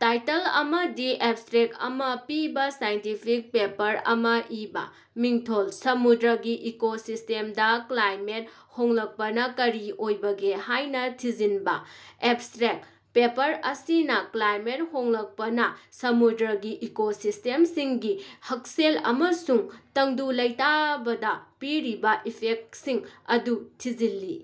Title ꯑꯃꯗꯤ abstract ꯑꯃ ꯄꯤꯕꯥ ꯁꯥꯏꯟꯇꯤꯐꯤꯛ ꯄꯦꯄꯔ ꯑꯃ ꯏꯕ꯫ ꯃꯤꯡꯊꯣꯜ: ꯁꯃꯨꯗ꯭ꯔꯒꯤ ꯏꯀꯣꯁꯤꯁꯇꯦꯝꯗ ꯀ꯭ꯂꯥꯏꯃꯦꯠ ꯍꯣꯡꯂꯛꯄꯅ ꯀꯔꯤ ꯑꯣꯏꯕꯒꯦ ꯍꯥꯏꯅ ꯊꯤꯖꯤꯟꯕ꯫ ꯑꯦꯕꯁꯇ꯭ꯔꯦꯛ: ꯄꯦꯄꯔ ꯑꯁꯤꯅꯥ ꯀ꯭ꯂꯥꯏꯃꯦꯠ ꯍꯣꯡꯂꯛꯄꯅ ꯁꯃꯨꯗ꯭ꯔꯒꯤ ꯏꯀꯣꯁꯤꯁꯇꯦꯝꯁꯤꯡꯒꯤ ꯍꯛꯁꯦꯜ ꯑꯃꯁꯨꯡ ꯇꯪꯗꯨ ꯂꯩꯇꯥꯕꯗꯥ ꯄꯤꯔꯤꯕꯥ ꯏꯐꯦꯛꯇꯁꯤꯡ ꯑꯗꯨ ꯊꯤꯖꯤꯜꯂꯤ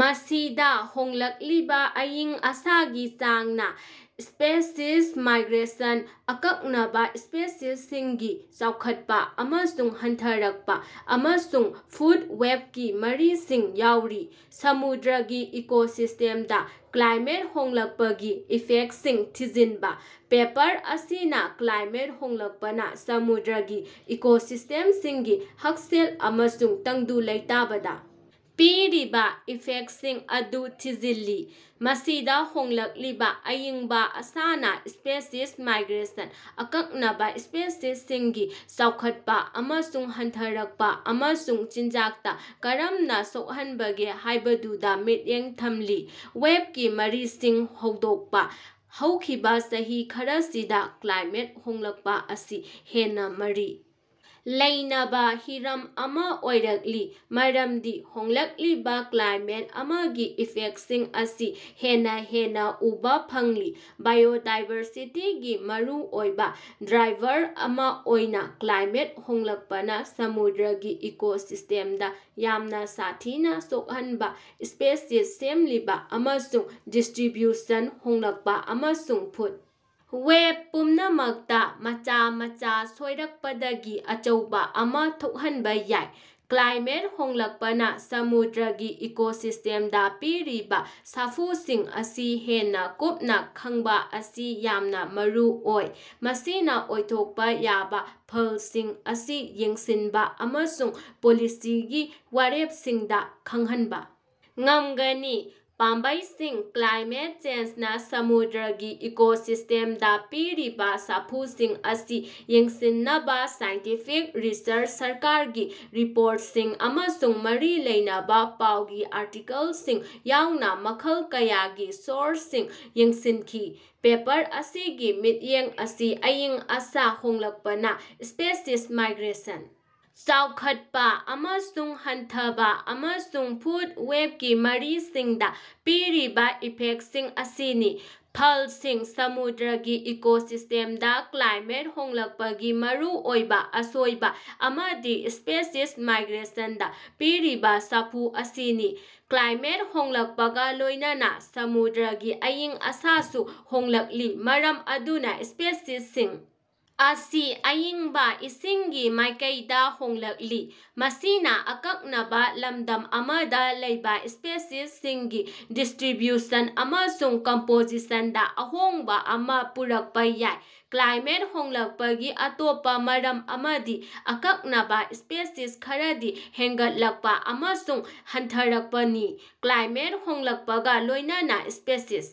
ꯃꯁꯤꯗꯥ ꯍꯣꯡꯂꯛꯂꯤꯕ ꯑꯏꯪ ꯑꯁꯥꯒꯤ ꯆꯥꯡꯅ ꯁꯄꯦꯁꯤꯁ ꯃꯥꯏꯒ꯭ꯔꯦꯁꯟ, ꯑꯀꯛꯅꯕꯥ ꯁꯄꯦꯁꯤꯁꯁꯤꯡꯒꯤ ꯆꯥꯎꯈꯠꯄ ꯑꯃꯁꯨꯡ ꯍꯟꯊꯔꯛꯄ ꯑꯃꯁꯨꯡ ꯐꯨꯗ ꯋꯦꯕꯀꯤ ꯃꯔꯤꯁꯤꯡ ꯌꯥꯎꯔꯤ꯫ ꯁꯃꯨꯗ꯭ꯔꯒꯤ ꯏꯀꯣꯁꯤꯁꯇꯦꯝꯗ ꯀ꯭ꯂꯥꯏꯃꯦꯠ ꯍꯣꯡꯂꯛꯄꯒꯤ ꯏꯐꯦꯛꯇꯁꯤꯡ ꯊꯤꯖꯤꯟꯕ: ꯄꯦꯄꯔ ꯑꯁꯤꯅ ꯀ꯭ꯂꯥꯏꯃꯦꯠ ꯍꯣꯡꯂꯛꯄꯅ ꯁꯃꯨꯗ꯭ꯔꯒꯤ ꯏꯀꯣꯁꯤꯁꯇꯦꯝꯁꯤꯡꯒꯤ ꯍꯛꯁꯦꯜ ꯑꯃꯁꯨꯡ ꯇꯪꯗꯨ ꯂꯩꯇꯥꯕꯗ ꯄꯤꯔꯤꯕꯥ ꯏꯐꯦꯛꯇꯁꯤꯡ ꯑꯗꯨ ꯊꯤꯖꯤꯜꯂꯤ ꯃꯁꯤꯗ ꯍꯣꯡꯂꯛꯂꯤꯕ ꯑꯢꯪꯕ ꯑꯁꯥꯅ ꯁ꯭ꯄꯦꯁꯤꯁ ꯃꯥꯏꯒ꯭ꯔꯦꯁꯟ, ꯑꯀꯛꯅꯕꯥ ꯁ꯭ꯄꯦꯁꯤꯁꯁꯤꯡꯒꯤ ꯆꯥꯎꯈꯠꯄꯥ ꯑꯃꯁꯨꯡ ꯍꯟꯊꯔꯛꯄ ꯑꯃꯁꯨꯡ ꯆꯤꯟꯖꯥꯛꯇ ꯀꯔꯝꯅ ꯁꯣꯛꯍꯟꯕꯒꯦ ꯍꯥꯢꯕꯗꯨꯗ ꯃꯤꯠꯌꯦꯡ ꯊꯝꯂꯤ꯫ ꯋꯦꯕꯀꯤ ꯃꯔꯤꯁꯤꯡ ꯍꯧꯗꯣꯛꯄ ꯍꯧꯈꯤꯕꯥ ꯆꯍꯤ ꯈꯔꯁꯤꯗ ꯀ꯭ꯂꯥꯏꯃꯦꯠ ꯍꯣꯡꯂꯛꯄ ꯑꯁꯤ ꯍꯦꯟꯅ ꯃꯔꯤ ꯂꯩꯅꯕ ꯍꯤꯔꯝ ꯑꯃ ꯑꯣꯏꯔꯛꯂꯤ ꯃꯔꯝꯗꯤ ꯍꯣꯡꯂꯛꯂꯤꯕ ꯀ꯭ꯂꯥꯏꯃꯦꯠ ꯑꯃꯒꯤ ꯏꯐꯦꯛꯇꯁꯤꯡ ꯑꯁꯤ ꯍꯦꯟꯅ ꯍꯦꯟꯅ ꯎꯕ ꯐꯪꯂꯤ꯫ ꯕꯥꯏꯑꯣꯗꯥꯏꯕꯔꯁꯤꯇꯤꯒꯤ ꯃꯔꯨꯑꯣꯏꯕ ꯗ꯭ꯔꯥꯏꯚꯔ ꯑꯃ ꯑꯣꯏꯅ ꯀ꯭ꯂꯥꯏꯃꯦꯠ ꯍꯣꯡꯂꯛꯄꯅ ꯁꯃꯨꯗ꯭ꯔꯒꯤ ꯏꯀꯣꯁꯤꯁꯇꯦꯝꯗ ꯌꯥꯝꯅ ꯁꯥꯊꯤꯅ ꯁꯣꯛꯍꯟꯕ ꯁꯄꯦꯁꯤꯁ ꯁꯦꯝꯂꯤꯕ ꯑꯃꯁꯨꯡ ꯗꯤꯁꯇ꯭ꯔꯤꯕ꯭ꯌꯨꯁꯟ ꯍꯣꯡꯗꯣꯛꯄ ꯑꯃꯁꯨꯡ ꯐꯨꯗ ꯋꯦꯕ ꯄꯨꯝꯅꯃꯛꯇ ꯃꯆꯥ ꯃꯆꯥ ꯁꯣꯏꯔꯛꯄꯗꯒꯤ ꯑꯆꯧꯕ ꯑꯃ ꯊꯣꯛꯍꯟꯕ ꯌꯥꯏ꯫ ꯀ꯭ꯂꯥꯏꯃꯦꯠ ꯍꯣꯡꯂꯛꯄꯅ ꯁꯃꯨꯗ꯭ꯔꯒꯤ ꯏꯀꯣꯁꯤꯁꯇꯦꯝꯗ ꯄꯤꯔꯤꯕꯥ ꯁꯥꯐꯨꯁꯤꯡ ꯑꯁꯤ ꯍꯦꯟꯅ ꯀꯨꯞꯅ ꯈꯪꯕꯥ ꯑꯁꯤ ꯌꯥꯝꯅ ꯃꯔꯨ ꯑꯣꯏ ꯃꯁꯤꯅꯥ ꯑꯣꯏꯊꯣꯛꯄ ꯌꯥꯕ ꯐꯜꯁꯤꯡ ꯑꯁꯤ ꯌꯦꯡꯁꯤꯟꯕ ꯑꯃꯁꯨꯡ ꯄꯣꯂꯤꯁꯤꯒꯤ ꯋꯥꯔꯦꯞꯁꯤꯡꯗ ꯈꯪꯍꯟꯕ ꯉꯝꯒꯅꯤ꯫ ꯄꯥꯝꯕꯩꯁꯤꯡ ꯀ꯭ꯂꯥꯏꯃꯦꯠ ꯆꯦꯟꯖꯅ ꯁꯃꯨꯗ꯭ꯔꯒꯤ ꯏꯀꯣꯁꯤꯁꯇꯦꯞꯗ ꯄꯤꯔꯤꯕ ꯁꯥꯐꯨꯁꯤꯡ ꯑꯁꯤ ꯌꯦꯡꯁꯤꯟꯅꯕ ꯁꯥꯏꯟꯇꯤꯐꯤꯛ ꯔꯤꯁꯔꯆ ꯁꯔꯀꯥꯔꯒꯤ ꯔꯤꯄꯣꯔꯇꯁꯤꯡ ꯑꯃꯁꯨꯡ ꯃꯔꯤ ꯂꯩꯅꯕ ꯄꯥꯎꯒꯤ ꯑꯥꯔꯇꯤꯀꯜꯁꯤꯡ ꯌꯥꯎꯅ ꯃꯈꯜ ꯀꯌꯥꯒꯤ ꯁꯣꯔꯁꯁꯤꯡ ꯌꯦꯡꯁꯤꯟꯈꯤ꯫ ꯄꯦꯄꯔ ꯑꯁꯤꯒꯤ ꯃꯤꯠꯌꯦꯡ ꯑꯁꯤ ꯑꯏꯪ ꯑꯁꯥ ꯍꯣꯡꯂꯛꯄꯅ ꯁꯄꯦꯁꯤꯁ ꯃꯥꯏꯒ꯭ꯔꯦꯁꯟ, ꯆꯥꯎꯈꯠꯄ ꯑꯃꯁꯨꯡ ꯍꯟꯊꯕ ꯑꯃꯁꯨꯡ ꯐꯨꯗ ꯋꯦꯕꯀꯤ ꯃꯔꯤꯁꯤꯡꯗ ꯄꯤꯔꯤꯕꯥ ꯏꯐꯦꯛꯇꯁꯤꯡ ꯑꯁꯤꯅꯤ꯫ ꯐꯜꯁꯤꯡ ꯁꯃꯨꯗ꯭ꯔꯒꯤ ꯏꯀꯣꯁꯤꯁꯇꯦꯝꯗ ꯀ꯭ꯂꯥꯏꯃꯦꯠ ꯍꯣꯡꯂꯛꯄꯒꯤ ꯃꯔꯨꯑꯣꯏꯕ ꯑꯁꯣꯏꯕ ꯑꯃꯗꯤ ꯁꯄꯦꯁꯤꯁ ꯃꯥꯏꯒ꯭ꯔꯦꯁꯟꯗ ꯄꯤꯔꯤꯕꯥ ꯁꯥꯐꯨ ꯑꯁꯤꯅꯤ꯫ ꯀ꯭ꯂꯥꯏꯃꯦꯠ ꯍꯣꯡꯂꯛꯄꯒ ꯂꯣꯢꯅꯅꯥ ꯁꯃꯨꯗ꯭ꯔꯒꯤ ꯑꯏꯪ ꯑꯁꯥꯁꯨ ꯍꯣꯡꯂꯛꯂꯤ ꯃꯔꯝ ꯑꯗꯨꯅ ꯁꯄꯦꯁꯤꯁꯁꯤꯡ ꯑꯁꯤ ꯑꯏꯪꯕ ꯏꯁꯤꯡꯒꯤ ꯃꯥꯢꯀꯩꯗꯥ ꯍꯣꯡꯂꯛꯂꯤ꯫ ꯃꯁꯤꯅꯥ ꯑꯀꯛꯅꯕꯥ ꯂꯝꯗꯝ ꯑꯃꯗ ꯂꯩꯕ ꯁꯄꯦꯁꯤꯁꯁꯤꯡꯒꯤ ꯗꯤꯁꯇ꯭ꯔꯤꯕ꯭ꯌꯨꯁꯟ ꯑꯃꯁꯨꯡ ꯀꯝꯄꯣꯖꯤꯁꯟꯗ ꯑꯍꯣꯡꯕ ꯑꯃ ꯄꯨꯔꯛꯄ ꯌꯥꯏ꯫ ꯀ꯭ꯂꯥꯏꯃꯦꯠ ꯍꯣꯡꯂꯛꯄꯒꯤ ꯑꯇꯣꯞꯄ ꯃꯔꯝ ꯑꯃꯗꯤ ꯑꯀꯛꯅꯕ ꯁꯄꯦꯁꯤꯁ ꯈꯔꯗꯤ ꯍꯦꯟꯒꯠꯂꯛꯄꯥ ꯑꯃꯁꯨꯡ ꯍꯟꯊꯔꯛꯄꯅꯤ꯫ ꯀ꯭ꯂꯥꯏꯃꯦꯠ ꯍꯣꯡꯂꯛꯄꯒ ꯂꯣꯢꯅꯅꯥ ꯁꯄꯦꯁꯤꯁ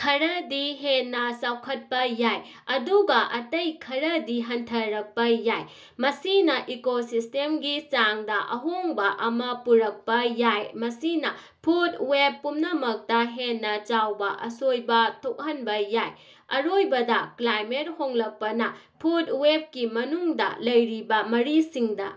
ꯈꯔꯗꯤ ꯍꯦꯟꯅ ꯆꯥꯎꯈꯠꯄ ꯌꯥꯏ ꯑꯗꯨꯒ ꯑꯇꯩ ꯈꯔꯗꯤ ꯍꯟꯊꯔꯛꯄ ꯌꯥꯏ꯫ ꯃꯁꯤꯅꯥ ꯏꯀꯣꯁꯤꯁꯇꯦꯝꯒꯤ ꯆꯥꯡꯗ ꯑꯍꯣꯡꯕ ꯑꯃ ꯄꯨꯔꯛꯄ ꯌꯥꯏ ꯃꯁꯤꯅ ꯐꯨꯗ ꯋꯦꯕ ꯄꯨꯝꯅꯃꯛꯇ ꯍꯦꯟꯅ ꯆꯥꯎꯕ ꯑꯁꯣꯏꯕ ꯊꯣꯛꯍꯟꯕ ꯌꯥꯏ꯫ ꯑꯔꯣꯏꯕꯗ ꯀ꯭ꯂꯥꯏꯃꯦꯠ ꯍꯣꯡꯂꯛꯄꯅ ꯐꯨꯗ ꯋꯦꯕꯀꯤ ꯃꯅꯨꯡꯗ ꯂꯩꯔꯤꯕ ꯃꯔꯤꯁꯤꯡꯗ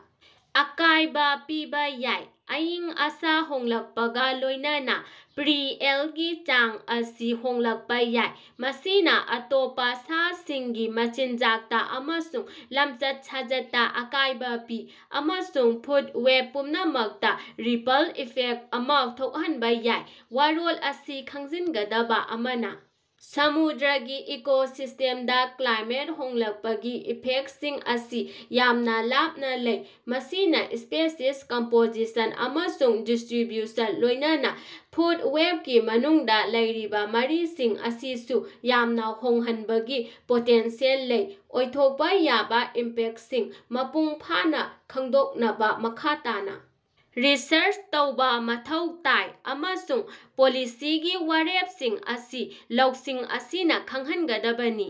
ꯑꯀꯥꯢꯕ ꯄꯤꯕꯥ ꯌꯥꯏ꯫ ꯑꯏꯪ ꯑꯁꯥ ꯍꯣꯡꯂꯛꯄꯒ ꯂꯣꯢꯅꯅ ꯄ꯭ꯔꯤ-ꯑꯦꯜꯒꯤ ꯆꯥꯡ ꯑꯁꯤ ꯍꯣꯡꯂꯛꯄ ꯌꯥꯏ ꯃꯁꯤꯅꯥ ꯑꯇꯣꯞꯄ ꯁꯥꯁꯤꯡꯒꯤ ꯃꯆꯤꯟꯖꯥꯛꯇ ꯑꯃꯁꯨꯡ ꯂꯃꯆꯠ-ꯁꯥꯖꯠꯇ ꯑꯀꯥꯢꯕꯥ ꯄꯤ ꯑꯃꯁꯨꯡ ꯐꯨꯗ ꯋꯦꯕ ꯄꯨꯝꯅꯃꯛꯇ ꯔꯤꯄꯜ ꯏꯐꯦꯛꯇ ꯑꯃ ꯊꯣꯛꯍꯟꯕ ꯌꯥꯏ꯫ ꯋꯥꯔꯣꯜ ꯑꯁꯤ ꯈꯪꯖꯤꯟꯒꯗꯕ ꯑꯃꯅ ꯁꯃꯨꯗ꯭ꯔꯒꯤ ꯏꯀꯣꯁꯤꯁ꯭ꯇꯦꯝꯗ ꯀ꯭ꯂꯥꯏꯃꯦꯠ ꯍꯣꯡꯂꯛꯄꯒꯤ ꯏꯐꯦꯛꯇꯁꯤꯡ ꯑꯁꯤ ꯌꯥꯝꯅ ꯂꯥꯞꯅ ꯂꯩ ꯃꯁꯤꯅꯥ ꯁꯄꯦꯁꯤꯁ ꯀꯝꯄꯣꯖꯤꯁꯟ ꯑꯃꯁꯨꯡ ꯗꯤꯁꯇ꯭ꯔꯤꯕ꯭ꯌꯨꯁꯟ ꯂꯣꯢꯅꯅꯥ ꯐꯨꯗ ꯋꯦꯕꯀꯤ ꯃꯅꯨꯡꯗꯥ ꯂꯩꯔꯤꯕꯥ ꯃꯔꯤꯁꯤꯡ ꯑꯁꯤꯁꯨ ꯌꯥꯝꯅ ꯍꯣꯡꯍꯟꯕꯒꯤ ꯄꯣꯇꯦꯟꯁꯤꯑꯦꯜ ꯂꯩ꯫ ꯑꯣꯏꯊꯣꯛꯄ ꯌꯥꯕ ꯏꯝꯄꯦꯛꯇꯁꯤꯡ ꯃꯄꯨꯡ ꯐꯥꯅ ꯈꯡꯗꯣꯛꯅꯕ ꯃꯈꯥ ꯇꯥꯕꯥ ꯔꯤꯁꯔꯆ ꯇꯧꯕꯥ ꯃꯊꯧ ꯇꯥꯏ ꯑꯃꯁꯨꯡ ꯄꯣꯂꯤꯁꯤꯒꯤ ꯋꯥꯔꯦꯞꯁꯤꯡ ꯑꯁꯤ ꯂꯧꯁꯤꯡ ꯑꯁꯤꯅ ꯈꯡꯍꯟꯒꯗꯕꯅꯤ꯫